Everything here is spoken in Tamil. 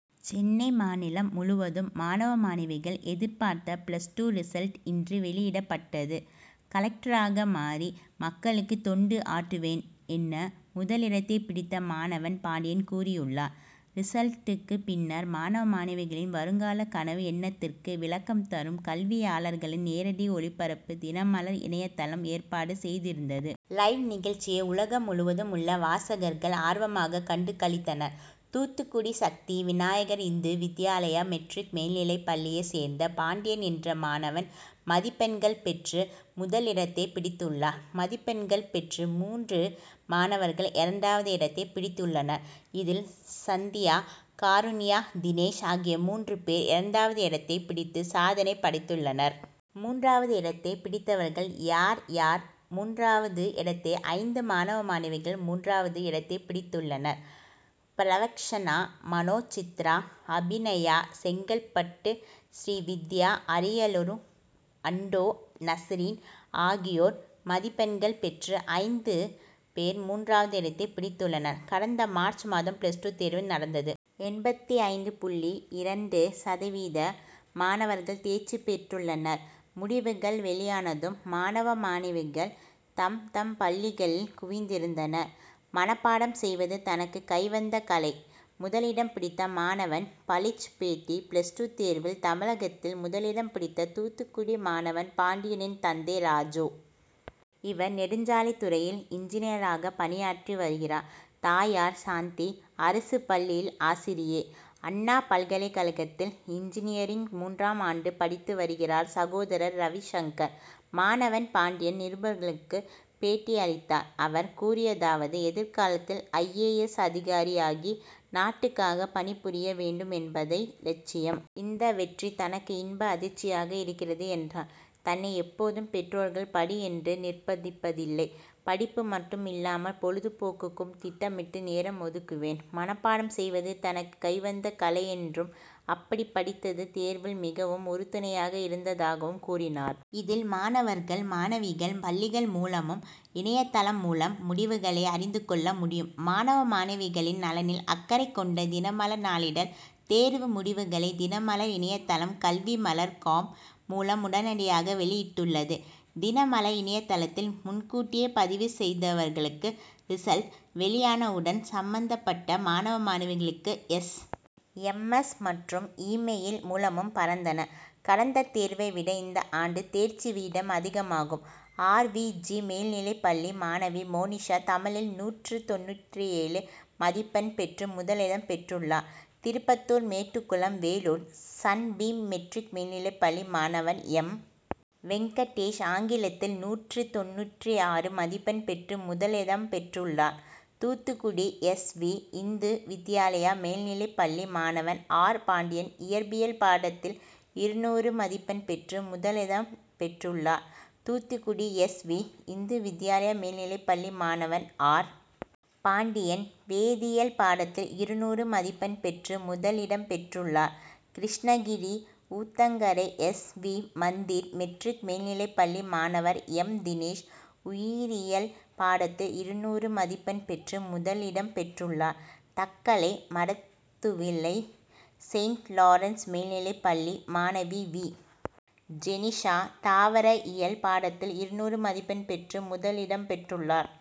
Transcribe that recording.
சென்னை மாநிலம் முழுவதும் மாணவ மாணவிகள் எதிர்பார்த்த பிளஸ் டூ ரிசல்ட் இன்று வெளியிடப்பட்டது. கலெக்டராக மாறி மக்களுக்கு தொண்டு ஆற்றுவேன் என்ன முதலிடத்தை பிடித்த மாணவன் பாண்டியன் கூறியுள்ளார். ரிசல்ட்டுக்கு பின்னர் மாணவ மாணவிகளின் வருங்கால கனவு எண்ணத்திற்கு விளக்கம் தரும் கல்வியாளர்களின் நேரடி ஒளிபரப்பு தினமலர் இணையதளம் ஏற்பாடு செய்திருந்தது. லைவ் நிகழ்ச்சியை உலகம் முழுவதும் உள்ள வாசகர்கள் ஆர்வமாக கண்டுகளித்தனர். தூத்துக்குடி சக்தி விநாயகர் இந்து வித்யாலயா மெட்ரிக் மேல்நிலைப்பள்ளியை சேர்ந்த பாண்டியன் என்ற மாணவன் மதிப்பெண்கள் பெற்று முதலிடத்தை பிடித்துள்ளார். மதிப்பெண்கள் பெற்று மூன்று மாணவர்கள் இரண்டாவது இடத்தை பிடித்துள்ளனர். இதில் சந்தியா காருண்யா தினேஷ் ஆகிய மூன்று பேர் இரண்டாவது இடத்தை பிடித்து சாதனை படைத்துள்ளனர். மூன்றாவது இடத்தை பிடித்தவர்கள் யார் யார் மூன்றாவது இடத்தை ஐந்து மாணவ மாணவிகள் மூன்றாவது இடத்தை பிடித்துள்ளனர். பிரவக்சனா மனோசித்ரா அபிநயா செங்கல்பட்டு ஸ்ரீவித்யா அரியலூர் அண்டோ நசீரின் ஆகியோர் மதிப்பெண்கள் பெற்று ஐந்து பேர் மூன்றாவது இடத்தை பிடித்துள்ளனர். கடந்த மார்ச் மாதம் பிளஸ் டூ தேர்வு நடந்தது. எண்பத்திஐந்து புள்ளி இரண்டு சதவீத மாணவர்கள் தேர்ச்சி பெற்றுள்ளனர். முடிவுகள் வெளியானதும் மாணவ மாணவிகள் தம்தம் பள்ளிகள் குவிந்திருந்தனர். மணப்பாடம் செய்வது தனக்கு கைவந்த கலை முதலிடம் பிடித்த மாணவன் பளீச் பேட்டி பிளஸ் டூ தேர்வில் தமிழகத்தில் முதலிடம் பிடித்த தூத்துக்குடி மாணவன் பாண்டியனின் தந்தை ராஜூ. இவர் நெடுஞ்சாலைத் துறையில் இன்ஜினியராக பணியாற்றி வருகிறார். தாயார் சாந்தி அரசு பள்ளியில் ஆசிரியை. அண்ணா பல்கலைக்கழகத்தில் இன்ஜினியரிங் மூன்றாம் ஆண்டு படித்து வருகிறார் சகோதரர் ரவி சங்கர். மாணவன் பாண்டியன் நிருபர்களுக்கு பேட்டி அளித்தார். அவர் கூறியதாவது எதிர்காலத்தில் ஐ. ஏ. எஸ். அதிகாரியாகி நாட்டுக்காக பணி புரிய வேண்டும் என்பதை லட்சியம். இந்த வெற்றி தனக்கு இன்ப அதிர்ச்சியாக இருக்கிறது என்றார். தன்னை எப்போதும் பெற்றோர்கள் படி என்று நிர்பந்திப்பதில்லை படிப்பு மட்டும் இல்லாமல் பொழுதுபோக்குக்கும் திட்டமிட்டு நேரம் ஒதுக்குவேன். மணப்பாடம் செய்வது தனக்கு கைவந்த கலை என்றும் அப்படி படித்தது தேர்வில் மிகவும் உறுதுணையாக இருந்ததாகவும் கூறினார். இதில் மாணவர்கள் மாணவிகள் பள்ளிகள் மூலமும் இணையதளம் மூலம் முடிவுகளை அறிந்து கொள்ள முடியும். மாணவ மாணவிகளின் நலனில் அக்கறை கொண்ட தினமலர் நாளிதழ் தேர்வு முடிவுகளை தினமலர் இணையதளம் கல்விமலர் காம் மூலம் உடனடியாக வெளியிட்டுள்ளது. தினமலர் இணையதளத்தில் முன்கூட்டியே பதிவு செய்தவர்களுக்கு ரிசல்ட் வெளியான உடன் சம்பந்தப்பட்ட மாணவ மாணவிகளுக்கு எஸ். எம். எஸ். மற்றும் இ மெயில் மூலமும் பறந்தன. கடந்த தேர்வை விட இந்த ஆண்டு தேர்ச்சி விகிதம் அதிகமாகும். ஆர். வி. ஜி. மேல்நிலைப்பள்ளி மாணவி மோனிஷா தமிழில் நூற்று தொண்ணூற்று ஏழு மதிப்பெண் பெற்று முதல் இடம் பெற்றுள்ளார். திருப்பத்தூர் மேட்டுக்குளம் வேலூர் சன்பீம் மெட்ரிக் மேல்நிலைப்பள்ளி மாணவன் எம். வெங்கடேஷ் ஆங்கிலத்தில் நூற்று தொண்ணூற்று ஆறு மதிப்பெண் பெற்று முதல் இடம் பெற்றுள்ளார். தூத்துக்குடி எஸ். வி. இந்து வித்யாலயா மேல்நிலைப்பள்ளி மாணவன் ஆர். பாண்டியன் இயற்பியல் பாடத்தில் இருநூறு மதிப்பெண் பெற்று முதல் இடம் பெற்றுள்ளார். தூத்துக்குடி எஸ். வி. இந்து வித்யாலயா மேல்நிலைப்பள்ளி மாணவன் ஆர். பாண்டியன் வேதியல் பாடத்தில் இருநூறு மதிப்பெண் பெற்று முதல் இடம் பெற்றுள்ளார். Krishnagiri Uthangarai S. V. Mandir matric மேல்நிலைப்பள்ளி மாணவர் எம். தினேஷ் உயிரியல் பாடத்தில் இருநூறு மதிப்பெண் பெற்று முதல் இடம் பெற்றுள்ளார். தக்கலை மடத்துவிளை செயின்ட் லாரன்ஸ் மேல்நிலைப்பள்ளி மாணவி வி. ஜெனிஷா தாவர இயல் பாடத்தில் இருநூறு மதிப்பெண் பெற்று முதல் இடம் பெற்றுள்ளார்.